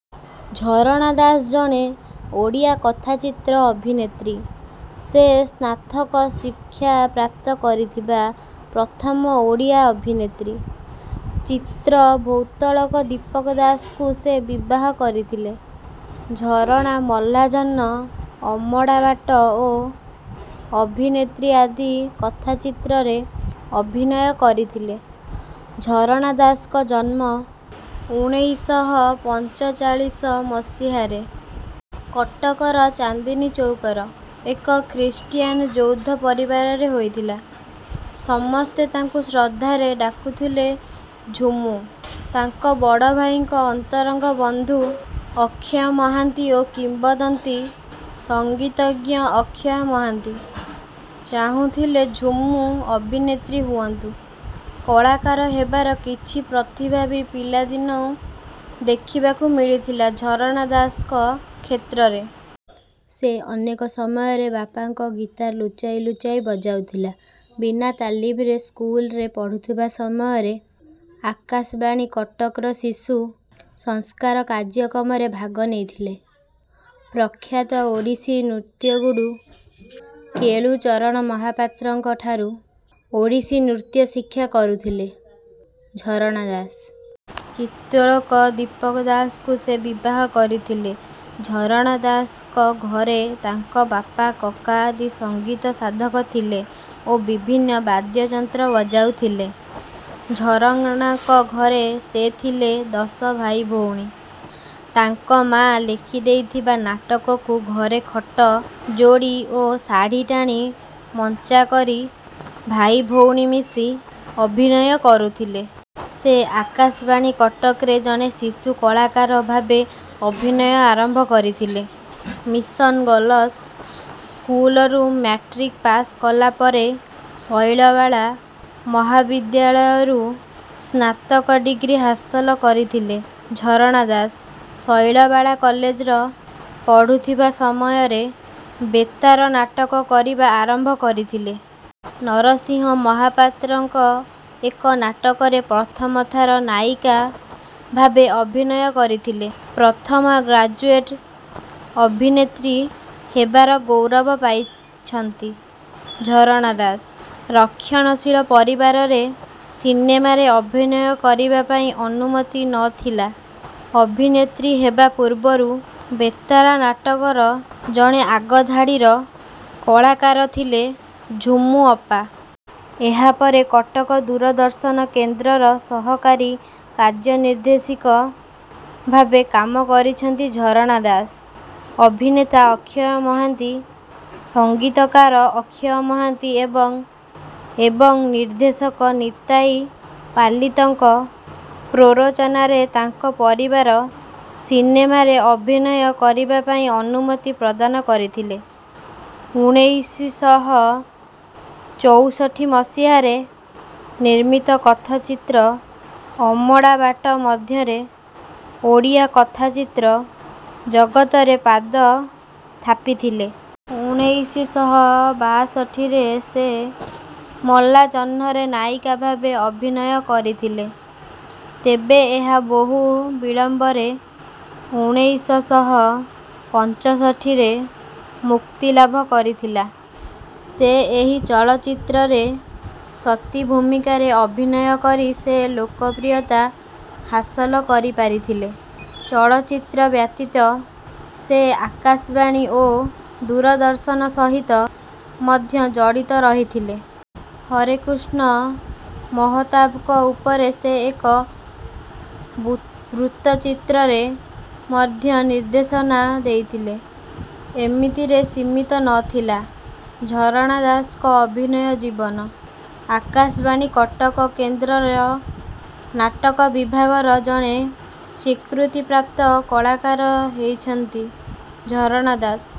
ଝରଣା ଦାସ ଜଣେ ଓଡ଼ିଆ କଥାଚିତ୍ର ଅଭିନେତ୍ରୀ। ସେ ସ୍ନାତକ ଶିକ୍ଷାପ୍ରାପ୍ତ କରିଥିବା ପ୍ରଥମ ଓଡ଼ିଆ ଅଭିନେତ୍ରୀ। ଚିତ୍ରତ୍ତୋଳକ ଦୀପକ ଦାସଙ୍କୁ ସେ ବିବାହ କରିଥିଲେ। ଝରଣା ମଲାଜହ୍ନ ଅମଡ଼ା ବାଟ ଓ ଅଭିନେତ୍ରୀ ଆଦି କଥାଚିତ୍ରରେ ଅଭିନୟ କରିଥିଲେ। ଝରଣା ଦାସଙ୍କ ଜନ୍ମ ଉଣେଇଶ ଶହ ପଞ୍ଚଚାଳିଶ ମସିହ। ରେ କଟକର ଚାନ୍ଦିନି ଚୌକର ଏକ ଖ୍ରୀଷ୍ଟିୟାନ ଯୌଥ ପରିବାରରେ ହୋଇଥିଲା ।ସମେସ୍ତ ତାଙ୍କୁ ଶ୍ରଦ୍ଧ। ରେ ଡାକୁଥିଲେ ଝୁମୁ। ତାଙ୍କ ବଡ ଭାଇଙ୍କ ଅନ୍ତରଙ୍ଗ ବନ୍ଧୁ ଅକ୍ଷୟ ମହାନ୍ତି ଓ କିମ୍ବଦନ୍ତି ସଙ୍ଗୀତଜ୍ଞ ଅକ୍ଷୟ ମହାନ୍ତି ଚାହୁଁଥିଲେ ଝୁମୁ ଅଭିନେତ୍ରୀ ହୁଅନ୍ତୁ। କଳାକାର ହେବାର କିଛି ପ୍ରତିଭା ବି ପିଲାଦିନୁ ଦେଖିବାକୁ ମିଳିଥିଲା ଝରଣା ଦାସଙ୍କ କ୍ଷେତ୍ରରେ। ସେ ଅନେକ ସମୟରେ ବାପାଙ୍କ ଗୀଟ। ର ଲୁଚାଇ ଲୁଚାଇ ବଜାଉଥିଲେ। ବିନା ତାଲିମରେ ସ୍କୁଲରେ ପଢୁଥିବା ସମୟରେ ଆକାଶବାଣୀ କଟକର ଶିଶୁ ସଂସାର କାର୍ଯ୍ୟକ୍ରମରେ ଭାଗ ନେଉଥିଲେ। ପ୍ରଖାତ ଓଡ଼ିଶୀ ନୃତ୍ୟଗୁରୁ କେଳୁ ଚରଣ ମହାପାତ୍ରଙ୍କ ଠାରୁ ଓଡ଼ିଶୀ ନୃତ୍ୟ ଶିକ୍ଷା କରିଥିଲେ ଝରଣା ଦାସ। ଚିତ୍ରତ୍ତୋଳକ ଦୀପକ ଦାସଙ୍କୁ ସେ ବିବାହ କରିଥିଲେ। ଝରଣା ଦାସଙ୍କ ଘରେ ତାଙ୍କ ବାପା କକା ଆଦି ସଙ୍ଗୀତ ସାଧକ ଥିଲେ ଓ ବିଭିନ୍ନ ବାଦ୍ୟଯନ୍ତ୍ର ବଜାଉଥିଲେ। ଝରଣାଙ୍କ ଘରେ ସେମାନେ ଥିଲେ ଦଶ ଭାଇ ଭଉଣୀ। ତାଙ୍କ ମା ଲେଖିଦେଇଥିବା ନାଟକକୁ ଘରେ ଖଟ ଯୋଡ଼ି ଓ ଶାଢ଼ୀ ଟାଣି ମଞ୍ଚା କରି ଭାଇ ଭଉଣୀ ମିଶି ଅଭିନୟ କରୁଥିଲେ। ସେ ଆକାଶବାଣୀ କଟକରେ ଜଣେ ଶିଶୁ କଳାକାର ଭାବରେ ଅଭିନୟ ଆରମ୍ଭ କରିଥିଲେ। ମିସନ୍ ଗର୍ଲସ ସ୍କୁଲ ରୁ ମ୍ୟାଟ୍ରିକ ପାସ କଲା ପରେ ଶୈଳବାଳା ମହିଳା ମହାବିଦ୍ୟାଳୟରୁ ସ୍ନ। ତକ ଡିଗ୍ରୀ ହାସଲ କରିଥିଲେ ଝରଣା ଦାସ। ଶୈଳବାଳା କଲେଜର ପଢୁଥିବା ସମୟରେ ବେତାର ନାଟକ କରିବା ଆରମ୍ଭ କରିଥିଲେ। ନରସିଂହ ମହାପାତ୍ରଙ୍କ ଏକ ନାଟକରେ ପ୍ରଥମକରି ନାୟିକା ଭାବେ ଅଭିନୟ କରିଥିଲେ। ପ୍ରଥମ ଗ୍ରାଜୁଏଟ ଅଭିେନତ୍ରୀ ହେବାର ଗୌରବ ପାଇଛନ୍ତି ଝରଣା ଦାସ। ରକ୍ଷଣଶୀଳ ପରିବାରରେ ସିନେମାରେ ଅଭିନୟ କରିବା ପାଇଁ ଅନୁମତି ନଥିଲା। ଅଭିେନତ୍ରୀ ହେବା ପୂର୍ବରୁ ବେତାର ନାଟକର ଜଣେ ଆଗଧାଡିର କଳାକାରଥିଲେ ଝୁମୁ ଅପା। ଏହାପରେ କଟକ ଦୂରଦର୍ଶନ କେନ୍ଦ୍ରର ସହକାରୀ କାର୍ଯ୍ୟନିର୍ଦ୍ଦେଶିକ। ଭ। ବେ କାମ କରିଛନ୍ତି ଝରଣା ଦାସ। ଅଭିନେତା ଅକ୍ଷୟ ମହାନ୍ତି ସଙ୍ଗୀତକାର ଅକ୍ଷୟ ମହାନ୍ତି ଏବଂ ନିର୍ଦ୍ଦେଶକ ନିତାଇ ପାଲିତଙ୍କ ପ୍ରରୋଚନାରେ ତାଙ୍କ ପରିବାର ସିନେମାରେ ଅଭିନୟ କରିବା ପାଇଁ ଅନୁମତି ପ୍ରଦାନ କରିଥିଲେ। ଉଣେଇଶ ଶହ ଚଉଷଠି ମସିହାରେ ନିର୍ମିତ କଥାଚିତ୍ର ଅମଡ଼ା ବାଟ ମାଧ୍ୟମରେ ଓଡ଼ିଆ କଥାଚିତ୍ର ଜଗତରେ ପାଦ ଥାପିଥିଲେ। ଉଣେଇଶ ଶହ ବାଷଠି ରେ ସେ ମଲାଜହ୍ନରେ ନାୟିକା ଭାବେ ଅଭିନୟ କରିଥିଲେ, ତେବେ ଏହା ବହୁ ବିଳମ୍ବରେ ଉଣେଇଶ ଶହ ପଞ୍ଚଷଠିରେ ମୁକ୍ତିଲାଭ କରିଥିଲା। ସେ ଏହି ଚଳଚ୍ଚିତ୍ର ରେ ସତୀ ଭୂମିକାରେ ଅଭିନୟ କରି ସେ ଲୋକପ୍ରିୟତା ହାସଲ କରିପାରିଥିଲେ। ଚଳଚ୍ଚିତ୍ର ବ୍ୟତୀତ ସେ ଆକାଶବାଣୀ ଓ ଦୂରଦର୍ଶନ ସହିତ ମଧ୍ୟ ଜଡ଼ିତ ରହିଥିଲେ। ହରେକୃଷ୍ଣ ମହତାବଙ୍କ ଉପରେ ସେ ଏକ ବୃତ୍ତଚିତ୍ରରେ ମଧ୍ୟ ନିର୍ଦ୍ଦେଶନା ଦେଇଥିଲେ। ଏତିକିରେ ସିମିତ ନଥିଲା ଝରଣା ଦାସଙ୍କ ଅଭିନୟ ଜୀବନ। ଆକାଶବାଣୀ କଟକ କେନ୍ଦ୍ରର ନାଟକ ବିଭାଗର ଜଣେ ସ୍ୱୀକୃତିପ୍ରାପ୍ତ କଳାକାର ହେଉଛନ୍ତି ଝରଣା ଦାସ।